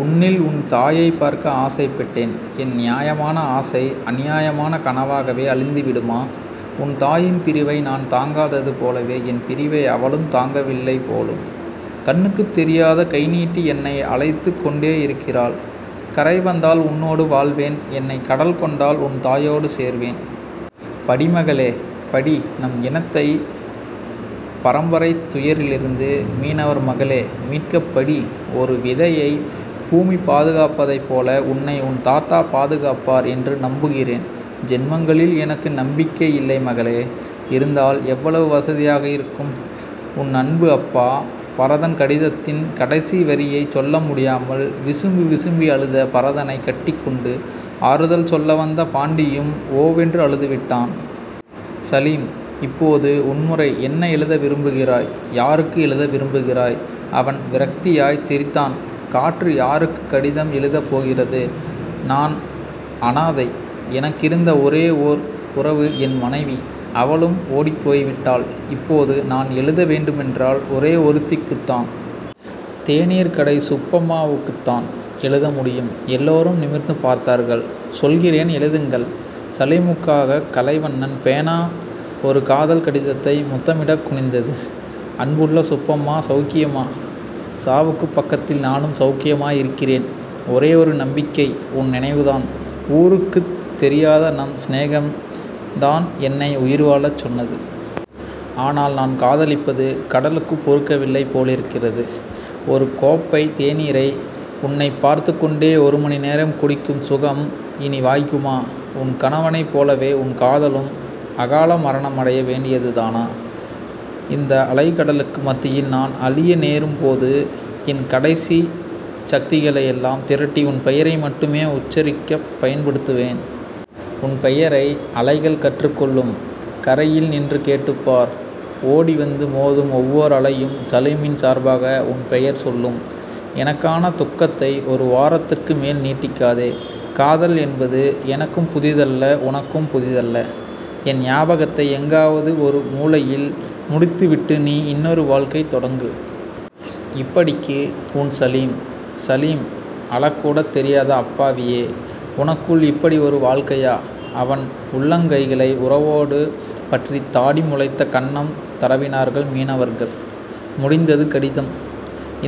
உன்னில் உன் தாயைப் பார்க்க ஆசைப்பட்டேன். என் நியாயமான ஆசை அநியாயமான கனவாகவே அழிந்துவிடுமா? உன் தாயின் பிரிவை நான் தாங்காதது போலவே என் பிரிவை அவளும் தாங்கவில்லைபோலும். கண்ணுக்குத் தெரியாத கைநீட்டி என்னை அழைத்துக் கொண்டேயிருக்கிறாள். கரை வந்தால் உன்னோடு வாழ்வேன். என்னைக் கடல்கொண்டால் உன் தாயோடு சேர்வேன். படி மகளே. படி. நம் இனத்தைப் பரம்பரைத் துயரிலிருந்து மீனவர்மகளே... மீட்கப் படி. ஒரு விதையைப் பூமி பாதுகாப்பதைப் போல உன்னை உன் தாத்தா பாதுகாப்பார் என்று நம்புகிறேன். ஜென்மங்களில் எனக்கு நம்பிக்கை இல்லை மகளே. இருந்தால் எவ்வளவு வசதியாக இருக்கும். உன் அன்பு அப்பா, பரதன் கடிதத்தின் கடைசி வரியைச் சொல்லமுடியாமல் விசும்பி விசும்பி அழுத பரதனைக் கட்டிக்கொண்டு ஆறுதல் சொல்லவந்த பாண்டியும் ஓவென்று அழுதுவிட்டான். சலீம். இப்போது உன் முறை. என்ன எழுத விரும்புகிறாய்? யாருக்கு எழுத விரும்புகிறாய்? அவன் விரக்தியாய்ச் சிரித்தான். காற்று யாருக்குக் கடிதம் எழுதப் போகிறது? நான் அநாதை. எனக்கிருந்த ஒரே ஓர் உறவு என் மனைவி. அவளும் ஓடிப் போய்விட்டாள். இப்போது நான் எழுத வேண்டுமென்றால் ஒரே ஒருத்திக்குத்தான். தேநீர்க்கடை சுப்பம்மாவுக்குத்தான் எழுதமுடியும். எல்லோரும் நிமிர்ந்து பார்த்தார்கள். சொல்கிறேன் எழுதுங்கள். சலீமுக்காகக் கலைவண்ணன் பேனா ஒரு காதல் கடிதத்தை முத்தமிடக் குனிந்தது. அன்புள்ள சுப்பம்மா. செளக்கியமா? சாவுக்குப் பக்கத்தில் நானும் செளக்கியமாயிருக்கிறேன். ஒரே ஒரு நம்பிக்கை உன் நினைவுதான். ஊருக்குத் தெரியாத நம் சிநேகம்தான் என்னை உயிர்வாழச் சொன்னது. ஆனால், நான் காதலிப்பது கடலுக்குப் பொறுக்கவில்லை போலிருக்கிறது. ஒரு கோப்பைத் தேநீரை உன்னைப் பார்த்துக் கொண்டே ஒரு மணி நேரம் குடிக்கும் சுகம் இனி வாய்க்குமா? உன் கணவனைப் போலவே உன் காதலனும் அகால மரணமடைய வேண்டியதுதானா? இந்த அலைகடலுக்கு மத்தியில் நான் அழிய நேரும்போதும் என் கடைசிச் சக்திகளையெல்லாம் திரட்டி உன் பெயரை மட்டுமே உச்சரிக்கப் பயன்படுத்துவேன். உன் பெயரை அலைகள் கற்றுக்கொள்ளும். கரையில் நின்று கேட்டுப்பார். ஓடிவந்து மோதும் ஒவ்வோர் அலையும் சலீமின் சார்பாக உன் பெயர் சொல்லும். எனக்கான துக்கத்தை ஒருவாரத்துக்கு மேல் நீட்டிக்காதே. காதல் என்பது எனக்கும் புதிதல்ல. உனக்கும் புதிதல்ல. என் ஞாபகத்தை எங்காவது ஒரு முலையில் முடித்துவிட்டு நீ இன்னோரு வாழ்க்கை தொடங்கு. இப்படிக்கு, உன் சலீம். சலீம். அழக்கூடத் தெரியாத அப்பாவியே. உனக்குள் இப்படி ஒரு வாழ்க்கையா? அவன் உள்ளங்கைகளை உறவோடு பற்றித் தாடி முளைத்த கன்னம் தடவினார்கள் மீனவர்கள். முடிந்தது கடிதம்.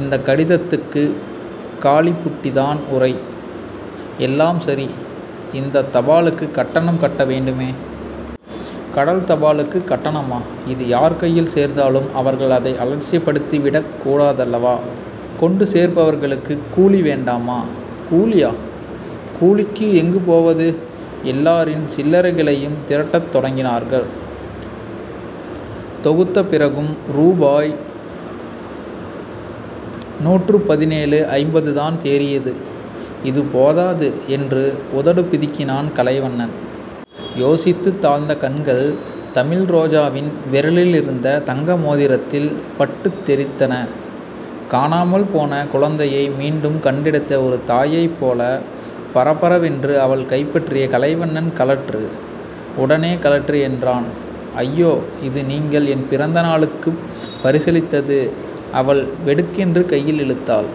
இந்தக் கடிதத்துக்குக் காலிபுட்டிதான் உறை. எல்லாம் சரி.. இந்தத் தபாலுக்குக் கட்டணம் கட்ட வேண்டுமே... கடல் தபாலுக்குக் கட்டணமா? இது யார் கையில் சேர்ந்தாலும் அவர்கள் அதை அலட்சியப்படுத்திவிடக் கூடாதல்லவா. கொண்டு சேர்ப்பவர்களுக்குக் கூலிவேண்டாமா? கூலியா? கூலிக்கு எங்கு போவது? எல்லாரின் சில்லறைகளையும் திரட்டத் தொடங்கினார்கள். தொகுத்தபிறகும் ருபாய் நூற்றுப்பதினேழு ஐம்பதுதான் தேறியது. இது போதாது என்று உதடு பிதுக்கினான் கலைவண்ணன். யோசித்துத் தாழ்ந்த கண்கள், தமிழ்ரோஜாவின் விரலிலிருந்த தங்கமோதிரத்தில் பட்டுத் தெறித்தன. காணாமல்போன குழந்தையை மீண்டும் கண்டெடுத்த ஒரு தாயைப் போலப் பரபரவென்று அவள் கைபற்றிய கலைவண்ணன் கழற்று. உடனே கழற்று என்றான். அய்யோ. இது நீங்கள் என் பிறந்த நாளுக்குப் பரிசளித்தது அவள் வெடுக்கென்று கையில் இழுத்தாள்.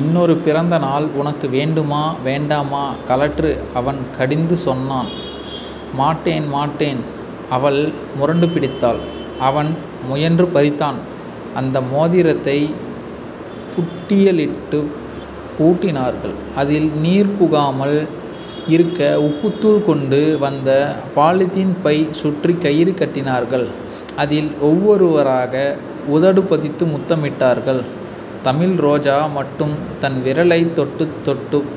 இன்னொரு பிறந்த நாள் உனக்கு வேண்டுமா வேண்டாமா கழற்று அவன் கடிந்து சொன்னான். மாட்டேன்... மாட்டேன்... அவள் முரண்டுபிடித்தாள். அவன் முயன்று பறித்தான். அந்த மோதிரத்தைப் புட்டியிலிட்டுப் பூட்டினார்கள். அதில் நீர்புகாமல் இருக்க உப்புத்தூள் கொண்டு வந்த பாலிதீன் பை சுற்றிக் கயிறு கட்டினார்கள். அதில் ஒவ்வொருவராக உதடு பதித்து முத்தமிட்டார்கள். தமிழ்ரோஜா மட்டும் தன் விரலைத் தொட்டுத் தொட்டுப்